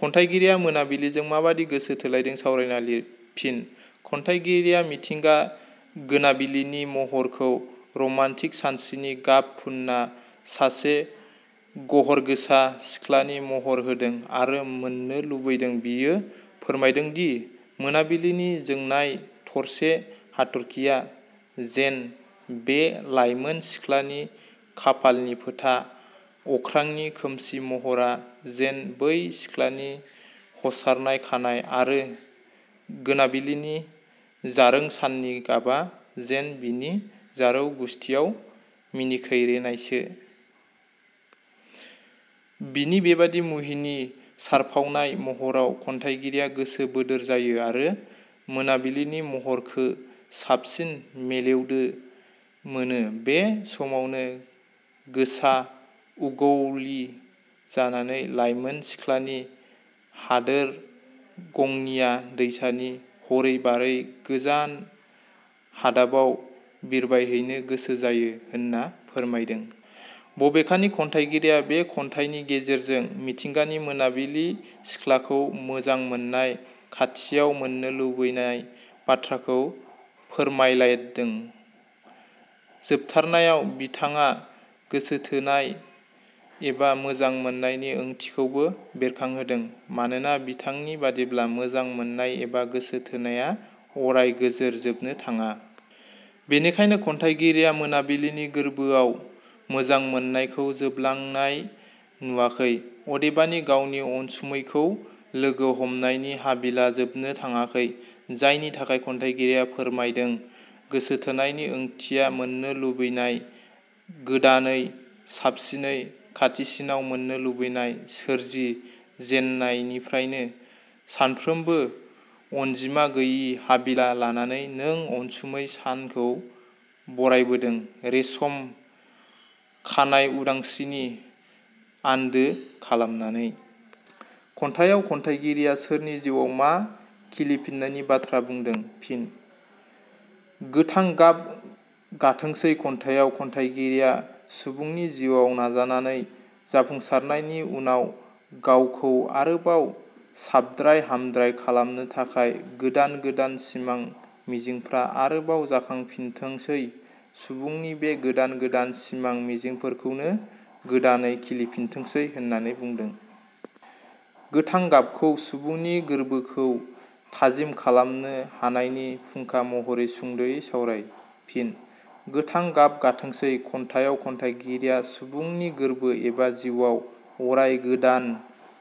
खन्थाइगिरिया मोनाबिलिजों माबादि गोसो थोलायदों सावरायना लिर। फिनः खन्थाइगिरिया मिथिंगा गोनाबिलिनि महरखौ रमान्टिक सानस्रिनि गाब फुनना सासे गहरगोसा सिख्लानि महर होदों आरो मोननो लुबैदों बियो फोरमायदोंदि मोनाबिलिनि जोंनाय थरसे हाथर्खिया जेन 'बे लाइमोन सिख्लानि खाफालनि फोथा, अख्रांनि खोमसि महरा जेन' बै सिख्लानि हसारनाय खानाय आरो गोनाबिलिनि जारों साननि गाबा जेन बिनि जारौ गुस्थियाव मिनिखेरेनायसो। बिनि बेबादि मुहिनि सारफावनाय महराव खन्थाइगिरिया गोसो बोदोर जायो आरो गोनाबिलिनि महरखो साबसिन मेलेवदो मोनो बे समावनो गोसा उगवलि जानानै लाइमोन सिख्लानि हादोर गंनिया दैसानि हरै बारै गोजान हादाबाव बिरबायहैनो गोसो जायो होनना फोरमायदों। बबेखानि खन्थाइगिरिया बे खन्थाइनि गेजेरजों मिथिंगा मोनाबिलि सिख्लाखौ मोजां मोननाय खाथियाव मोननो लुबैनाय बाथ्राखौ फोरमायलायदों। जोबथारनायाव बिथाङा गोसोथोनाय एबा मोजां मोननायनि ओंथिखौबो बेरखांहोदों। मानोना बिथांनि बादिब्ला मोजां मोननाय एबा गोसो थोनाया अराय गोजोर जोबनो थाङा। बेनिखायनो खन्थाइगिरिया मोनाबिलिनि गोरबोआव गोजां मोननायखौ जोबलांनाय नुवाखै। अदेबानि गावनि अनसुमैखो लोगो हमनायनि हाबिला जोबनो थाङाखै। जायनि थाखाय खन्थाइगिरिया फोरमायदों गोसोथोनायनि ओंथिया मोननो लुबैनाय, गोदानै, साबसिनै, खाथिसिनाव मोननो लुबैनाय। सोरजि जेननायनिफ्रायनो सानफ्रोमबो अनजिमा गैयि हाबिला लानानै नों अनसुमै सानखौ बरायबोदों रेसम खानायउदांस्रिनि आन्दो खालामनानै। खन्थाइयाव खन्थाइगिरिया सोरनि जिवाव मा खिलिफिननायनि बाथ्रा बुंदों? फिन: गोथां गाब गाथोंसै खन्थाइयाव खन्थाइगिरिया सुबुंनि जिउवाव नाजानानै जाफुंसानायनि उनाव गावखौ आरोबाव साबद्राय हामद्राय खालामनो थाखाय गोदान गोदोन सिमां मिजिंफ्रा आरोबाव जाखांफिनथोंसै, सुबुंनि बे गोदान गोदान सिमां मिजिंफोरखौनो गोदानै खिलिफिनथोंसै होननानै बुंदों। गोथां गाबखौ सुबुंनि गोरबोखौ थाजिम खालामनो हानायनि फुंखा महरै सुंदयै सावराय? फिन: 'गोथां गाब गाथोंसै' खन्थाइयाव खन्थाइगिरिया सुबुंनि गोरबो एबा जिउवाव अराय गोदान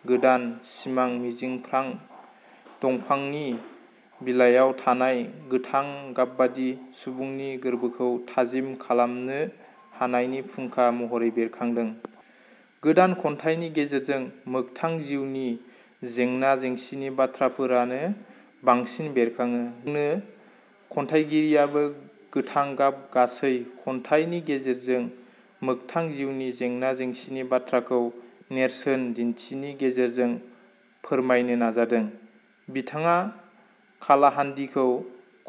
गोदान सिमां मिजिंफ्रां दंफांनि बिलायाव थानाय गोथां गाबबादि सुबुंनि गोरबोखौ थाजिम खालामनो हानायनि फुंखा महरै बेरखादों। गोदान खन्थाइनि गेजेरजों मोगथां जिउनि जेंना जेंसिनि बाथ्राफोरानो बांसिन बेरखाङो। नो खन्थाइगिरियाबो गोथां गाब गासै खन्थाइनि गेजेरजों मोगथां जिउनि जेंना जेंसिनि बाथ्राखौ नेरसोन दिन्थिनि गेजेरजों फोरमायनो नाजादों। बिथाङा कालाहान्दिखौ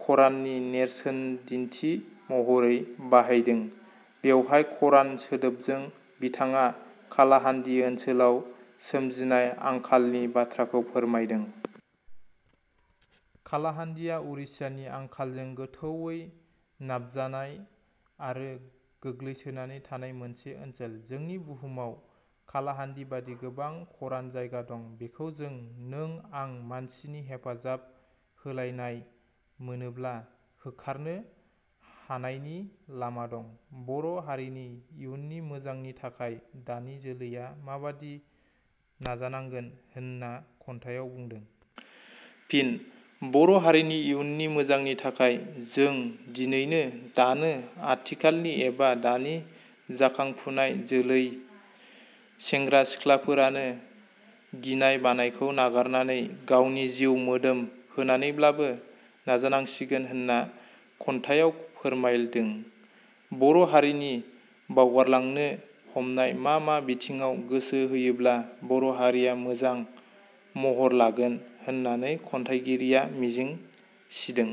खराननि नेरसेनदिन्थि महरै बाहायदों बेवहाय खरान सोदोबजों बिथाङा कालाहान्दि ओन्सोलाव सोमजिनाय आंखालनि बाथ्राखौनो फोरमायदों। कालाहान्दिया उरिष्यानि आंखालजों गोथौवै नाबजानाय आरो गोग्लैसोनानै थानाय मोनसे ओनसोल। जोंनि बुहुमाव कालाहान्दि बादि, गोबां खरान जायगा दं बेखौ जों नों आं मानसिनि हेफाजाब होलायनाय मोनोब्ला होखारनो हानायनि लामा दं। बर' हारिनि इयुननि मोजांनि थाखाय दानि जोलैया माबादि नाजानांगोन होनना खन्थायाव बुंदों? फिन: बर' हारिनि इउननि मोजांनि थाखाय जों दिनैनो, दानो, आथिखालनि एबा दानि जाखांफुनाय जोलै सेंग्रा-सिख्लाफोरानो गिनाय बानायखौ नागारनानै गावनि जिउ मोदोम होनानैब्लाबो नाजानांसिगोन होनना खन्थाइयाव फोरमायदों। बर' हारिनि बावगारलांनो हमनाय मा मा बिथिङाव गोसो होयोब्ला बर' हारिया मोजां महर लागोन होननानै खन्थाइगिरिया मिजिं सिदों?